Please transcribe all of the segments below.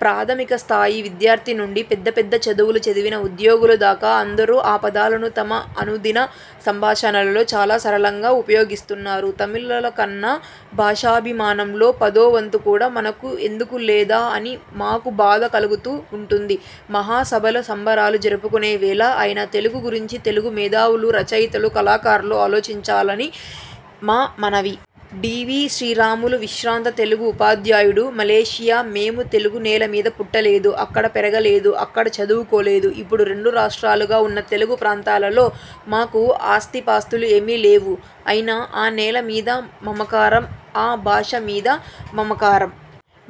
ప్రాథమిక స్థాయి విద్యార్థి నుండి పెద్ద పెద్ద చదువులు చదివిన ఉద్యోగుల దాకా అందరూ ఆ పదాలను తమ అనుదిన సంభాషణల్లో చాలా సరళంగా ఉపయోగిస్తున్నారు. తమిళులకున్న। భాషాభిమానంలో పదో వంతు కూడా మనకు ఎందుకు లేదా అని మాకు బాధ కలుగుతూ ఉంటుంది. మహాసభల సంబరాలు జరుపుకునే వేళ అయినా తెలుగు గురించి తెలుగు మేధావులు, రచయితలు, కళాకారులు ఆలోచించాలని నా మనవి. డీవీ శ్రీరాములువిశ్రాంత తెలుగు ఉపాధ్యాయుడు, మలేసియా మేము తెలుగు నేల మీద పుట్టలేదు. అక్కడ పెరగలేదు. అక్కడ చదువుకోలేదు. ఇప్పుడు రెండు రాష్ట్రాలుగా ఉన్న తెలుగు ప్రాంతంలో మాకు ఆస్తిపాస్తులు ఏవీ లేవు. అయినా ఆ నేల మీద మమకారం. ఆ భాష మీద మమకారం.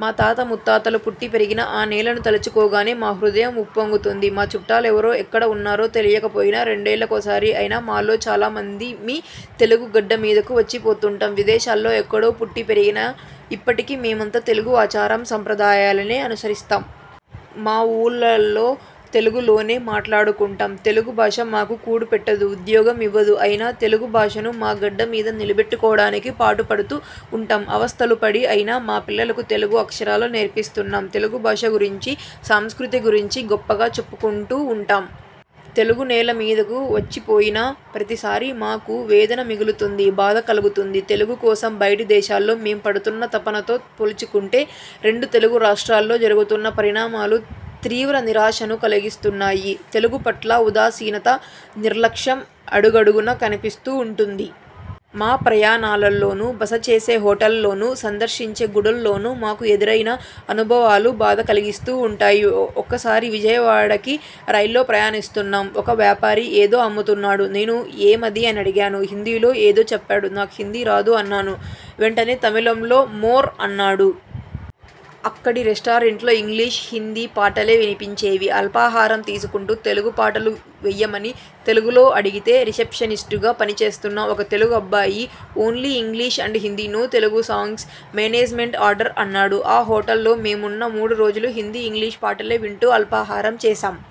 మా తాత ముత్తాతలు పుట్టి పెరిగిన ఆ నేలను తలచుకోగానే మా హృదయం ఉప్పొంగుతుంది. మా చుట్టాలెవరో ఎక్కడ ఉన్నారో తెలియకపోయినా రెండేళ్లకోసారి అయినా మాలో చాలా మందిమి తెలుగు గడ్డ మీదకు వచ్చిపోతుంటాం. విదేశాల్లో ఎక్కడో పుట్టి పెరిగినా ఇప్పటికీ మేమంతా తెలుగు ఆచార సంప్రదాయాలనే అనుసరిస్తున్నాం. మా ఇళ్లలో తెలుగులోనే మాట్లాడుకుంటాం. తెలుగు భాష మాకు కూడుపెట్టదు. ఉద్యోగం ఇవ్వదు. అయినా తెలుగుభాషను మా గడ్డ మీద నిలబెట్టుకోవడానికి పాటుపడుతూ ఉంటాం. అవస్థలు పడి అయినా మా పిల్లలకు తెలుగు అక్షరాలు నేర్పిస్తున్నాం. తెలుగు భాష గురించీ, సంస్కృతి గురించీ గొప్పగా చెప్పుకుంటూ ఉంటాం. తెలుగు నేల మీదకు వచ్చిపోయిన ప్రతిసారీ మాకు వేదన మిగులుతుంది. బాధ కలుగుతోంది. తెలుగు కోసం బయటి దేశాల్లో మేం పడుతున్న తపనతో పోల్చుకుంటే రెండు తెలుగు రాష్ట్రాల్లో జరుగుతున్న పరిణామాలు తీవ్ర నిరాశను కలిగిస్తున్నాయి. తెలుగు పట్ల ఉదాసీనత, నిర్లక్ష్యం అడుగడుగునా కనిపిస్తూ ఉంటుంది. మా ప్రయాణాల్లోనూ, బస చేసే హోటళ్లలోనూ, సందర్శించే గుడుల్లోనూ మాకు ఎదురైన అనుభవాలు బాధ కలిగిస్తూ ఉంటాయి. ఒకసారి విజయవాడకి రైల్లో ప్రయాణిస్తున్నాం. ఒక వ్యాపారి ఏదో అమ్ముతున్నాడు. నేను ఏమది అని అడిగాను. హిందీలో ఏదో చెప్పాడు. నాకు హిందీ రాదు అన్నాను. వెంటనే తమిళంలో 'మోర్' అన్నాడు. అక్కడి రెస్టారెంట్లో ఇంగ్లీషు, హిందీ పాటలే వినిపించేవి. అల్పాహారం తీసుకుంటూ తెలుగు పాటలు వేయమని తెలుగులో అడిగితే రిసెప్షనిస్టుగా పనిచేస్తున్న ఒక తెలుగు అబ్బాయి, 'only English and Hindi, no Telugu songs, management order' అన్నాడు. ఆ హోటల్లో మేమున్న మూడు రోజులూ హిందీ, ఇంగ్లీషు పాటలే వింటూ అల్పాహారం చేసాం.